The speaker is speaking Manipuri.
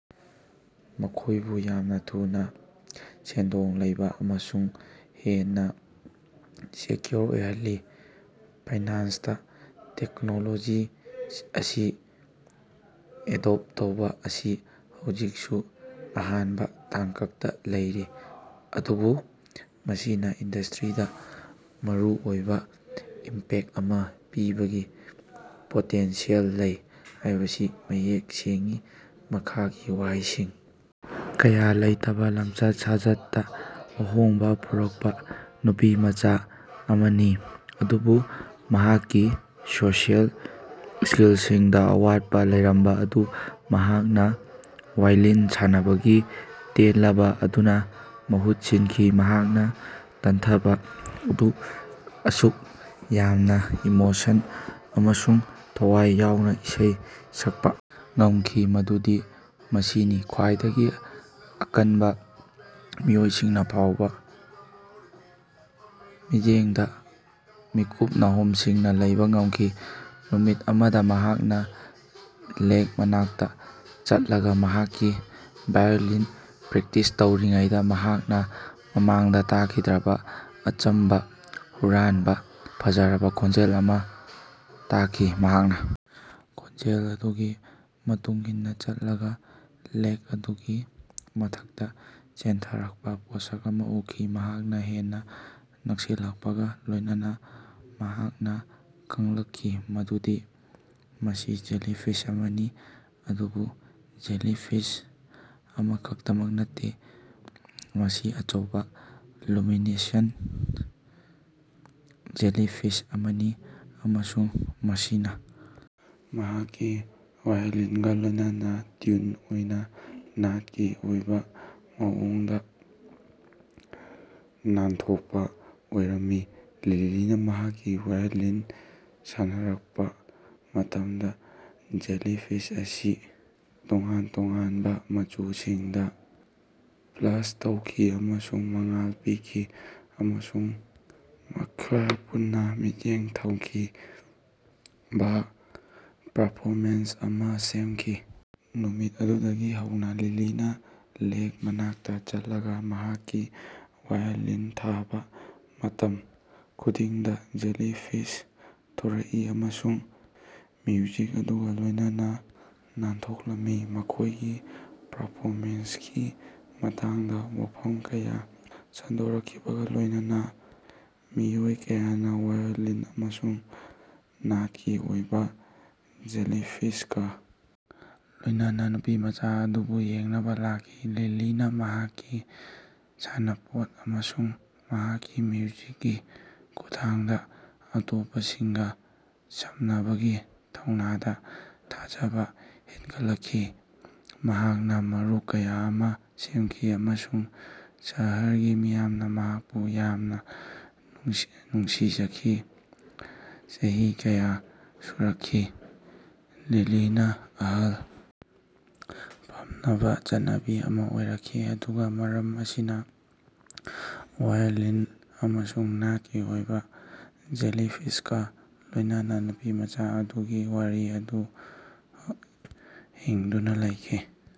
ꯃꯈꯣꯏꯕꯨ ꯌꯥꯝꯅ ꯊꯨꯅ, ꯁꯦꯟꯗꯣꯡ ꯂꯩꯕ ꯑꯃꯁꯨꯡ ꯍꯦꯟꯅ ꯁꯦꯀ꯭ꯌꯨꯔ ꯑꯣꯏꯍꯜꯂꯤ꯫ ꯐꯥꯏꯅꯥꯟꯁꯇ ꯇꯦꯛꯅꯣꯂꯣꯖꯤ ꯑꯁꯤ ꯑꯦꯗꯣꯞ ꯇꯧꯕ ꯑꯁꯤ ꯍꯧꯖꯤꯛꯁꯨ ꯑꯍꯥꯟꯕ ꯇꯥꯡꯀꯛꯇ ꯂꯩꯔꯤ, ꯑꯗꯨꯕꯨ ꯃꯁꯤꯅ ꯏꯟꯗꯁꯇ꯭ꯔꯤꯗ ꯃꯔꯨꯑꯣꯏꯕ ꯏꯝꯄꯦꯛ ꯑꯃ ꯄꯤꯕꯒꯤ ꯄꯣꯇꯦꯟꯁꯤꯌꯦꯜ ꯂꯩ ꯍꯥꯏꯕꯁꯤ ꯃꯌꯦꯛ ꯁꯦꯡꯏ꯫ ꯃꯈꯥꯒꯤ ꯋꯥꯍꯩꯁꯤꯡ ꯀꯌꯥ ꯂꯩꯇꯕ ꯂꯝꯆꯠ ꯁꯥꯖꯠꯇ ꯑꯍꯣꯡꯕ ꯄꯨꯔꯛꯄ ꯅꯨꯄꯤꯃꯆꯥ ꯑꯃꯅꯤ꯫ ꯑꯗꯨꯕꯨ ꯃꯍꯥꯛꯀꯤ ꯁꯣꯁꯤꯑꯦꯜ ꯁ꯭ꯀꯤꯜꯁꯤꯡꯗ ꯑꯋꯥꯠꯄ ꯂꯩꯔꯝꯕ ꯑꯗꯨ ꯃꯍꯥꯛꯅ ꯋꯥꯏꯂꯤꯟ ꯁꯥꯟꯅꯕꯒꯤ ꯇꯦꯂꯦꯟꯠ ꯑꯗꯨꯅ ꯃꯍꯨꯠ ꯁꯤꯟꯈꯤ꯫ ꯃꯍꯥꯛꯅ ꯇꯟꯊꯕ ꯑꯗꯨ ꯑꯁꯨꯛ ꯌꯥꯝꯅ ꯏꯃꯣꯁꯟ ꯑꯃꯁꯨꯡ ꯊꯋꯥꯏ ꯌꯥꯎꯅ ꯏꯁꯩ ꯁꯛꯄ ꯉꯝꯈꯤ ꯃꯗꯨꯗꯤ ꯃꯁꯤꯅ ꯈ꯭ꯋꯥꯏꯗꯒꯤ ꯑꯀꯟꯕ ꯃꯤꯑꯣꯏꯁꯤꯡ ꯐꯥꯎꯕ ꯃꯤꯠꯌꯦꯡꯗ ꯃꯤꯠꯀꯨꯞ ꯅꯥꯍꯨꯝ ꯁꯤꯡꯅ ꯂꯩꯕ ꯉꯝꯈꯤ꯫ ꯅꯨꯃꯤꯠ ꯑꯃꯗ ꯃꯍꯥꯛꯅ ꯂꯦꯛ ꯃꯅꯥꯛꯇ ꯆꯠꯂꯒ, ꯃꯍꯥꯛꯀꯤ ꯋꯥꯏꯂꯤꯟꯒꯤ ꯄ꯭ꯔꯦꯛꯇꯤꯁ ꯇꯧꯔꯤꯉꯩꯗ, ꯃꯍꯥꯛꯅ ꯃꯃꯥꯡꯗ ꯇꯥꯈꯤꯗ꯭ꯔꯤꯕ ꯑꯆꯝꯕ, ꯍꯨꯔꯥꯟꯕ ꯐꯖꯔꯕ ꯈꯣꯟꯖꯦꯜ ꯑꯃ ꯇꯥꯈꯤ꯫ ꯃꯍꯥꯛꯅ ꯈꯣꯟꯖꯦꯜ ꯑꯗꯨꯒꯤ ꯃꯇꯨꯡ ꯏꯟꯅ ꯆꯠꯂꯒ ꯂꯦꯛ ꯑꯗꯨꯒꯤ ꯃꯊꯛꯇ ꯆꯦꯟꯊꯔꯛꯄ ꯄꯣꯠꯁꯛ ꯑꯃ ꯎꯈꯤ꯫ ꯃꯍꯥꯛ ꯍꯦꯟꯅ ꯅꯛꯁꯤꯜꯂꯛꯄꯒ ꯂꯣꯏꯅꯅ ꯃꯍꯥꯛꯅ ꯈꯪꯂꯛꯈꯤ ꯃꯗꯨꯗꯤ ꯃꯁꯤ ꯖꯦꯂꯤꯐꯤꯁ ꯑꯃꯅꯤ, ꯑꯗꯨꯕꯨ ꯖꯦꯂꯤꯐꯤꯁ ꯑꯃꯈꯛꯇꯃꯛ ꯅꯠꯇꯦ꯫ ꯃꯁꯤ ꯑꯆꯧꯕ, ꯂꯨꯃꯤꯅꯦꯁꯦꯟꯠ ꯖꯦꯂꯤꯐꯤꯁ ꯑꯃꯅꯤ, ꯑꯃꯁꯨꯡ ꯃꯁꯤꯅ ꯃꯍꯥꯛꯀꯤ ꯋꯥꯏꯂꯤꯟꯒ ꯂꯣꯏꯅꯅ ꯇ꯭ꯌꯨꯟ ꯑꯣꯏꯅ ꯅꯥꯠꯀꯤ ꯑꯣꯏꯕ ꯃꯑꯣꯡꯗ ꯅꯥꯟꯊꯣꯛꯄ ꯑꯣꯏꯔꯝꯃꯤ꯫ ꯂꯤꯂꯤꯅ ꯃꯍꯥꯛꯀꯤ ꯋꯥꯏꯂꯤꯟ ꯁꯥꯟꯅꯔꯛꯄ ꯃꯇꯃꯗ ꯖꯦꯂꯤꯐꯤꯁ ꯑꯁꯤ ꯇꯣꯉꯥꯟ ꯇꯣꯉꯥꯟꯕ ꯃꯆꯨꯁꯤꯡꯗ ꯄ꯭ꯂꯁ ꯇꯧꯈꯤ ꯑꯃꯁꯨꯡ ꯃꯉꯥꯜ ꯄꯤꯈꯤ, ꯑꯃꯁꯨꯡ ꯃꯈꯣꯌ ꯄꯨꯟꯅꯥ ꯃꯤꯠꯌꯦꯡ ꯊꯝꯈꯤꯕ ꯄꯔꯐꯣꯃꯦꯟꯁ ꯑꯃ ꯁꯦꯝꯈꯤ꯫ ꯅꯨꯃꯤꯠ ꯑꯗꯨꯗꯒꯤ ꯍꯧꯅ ꯂꯤꯂꯤꯅ ꯂꯦꯛ ꯃꯅꯥꯛꯇ ꯆꯠꯂꯒ ꯃꯍꯥꯛꯀꯤ ꯋꯥꯏꯂꯤꯟ ꯊꯥꯕ ꯃꯇꯝ ꯈꯨꯗꯤꯡꯗ ꯖꯦꯂꯤꯐꯤꯁ ꯊꯣꯔꯛꯏ ꯑꯃꯁꯨꯡ ꯃ꯭ꯌꯨꯖꯤꯛ ꯑꯗꯨꯒ ꯂꯣꯏꯅꯅ ꯅꯥꯟꯊꯣꯛꯂꯝꯃꯤ꯫ ꯃꯈꯣꯏꯒꯤ ꯄꯔꯐꯣꯃꯦꯟꯁꯀꯤ ꯃꯇꯥꯡꯗ ꯋꯥꯐꯝ ꯀꯌꯥ ꯁꯟꯗꯣꯛꯈꯤꯕꯒ ꯂꯣꯏꯅꯅ ꯃꯤꯑꯣꯏ ꯀꯌꯥꯅ ꯋꯥꯏꯂꯤꯟ ꯑꯃꯁꯨꯡ ꯅꯥꯠꯀꯤ ꯑꯣꯏꯕ ꯖꯦꯂꯤꯐꯤꯁꯀ ꯂꯣꯏꯅꯅ ꯅꯨꯄꯤꯃꯆꯥ ꯑꯗꯨꯕꯨ ꯌꯦꯡꯅꯕ ꯂꯥꯛꯈꯤ꯫ ꯂꯤꯂꯤꯅ ꯃꯍꯥꯛꯀꯤ ꯁꯥꯟꯅꯄꯣꯠ ꯑꯃꯁꯨꯡ ꯃꯍꯥꯛꯀꯤ ꯃ꯭ꯌꯨꯖꯤꯛꯀꯤ ꯈꯨꯠꯊꯥꯡꯗ ꯑꯇꯣꯞꯄꯁꯤꯡꯒ ꯁꯝꯅꯕꯒꯤ ꯊꯧꯅꯥꯗ ꯊꯥꯖꯕ ꯍꯦꯟꯒꯠꯂꯛꯈꯤ꯫ ꯃꯍꯥꯛꯅ ꯃꯔꯨꯞ ꯀꯌꯥ ꯑꯃ ꯁꯦꯝꯈꯤ, ꯑꯃꯁꯨꯡ ꯁꯍꯔꯒꯤ ꯃꯤꯌꯥꯝꯅ ꯃꯍꯥꯛꯄꯨ ꯌꯥꯝꯅ ꯅꯨꯡꯁꯤꯖꯈꯤ꯫ ꯆꯍꯤ ꯀꯌꯥ ꯁꯨꯔꯛꯈꯤ, ꯂꯤꯂꯤꯅ ꯑꯍꯜ ꯄꯥꯝꯅꯕ ꯆꯠꯅꯕꯤ ꯑꯃ ꯑꯣꯏꯔꯛꯈꯤ꯫ ꯑꯗꯨꯒ ꯃꯔꯝ ꯑꯁꯤꯅ, ꯋꯥꯏꯂꯤꯟ ꯑꯃꯁꯨꯡ ꯅꯥꯠꯀꯤ ꯑꯣꯏꯕ ꯖꯦꯂꯤꯐꯤꯁꯀ ꯂꯣꯏꯅꯅ ꯅꯨꯄꯤꯃꯆꯥ ꯑꯗꯨꯒꯤ ꯋꯥꯔꯤ ꯑꯗꯨ ꯍꯤꯡꯗꯨꯅ ꯂꯩꯈꯤ꯫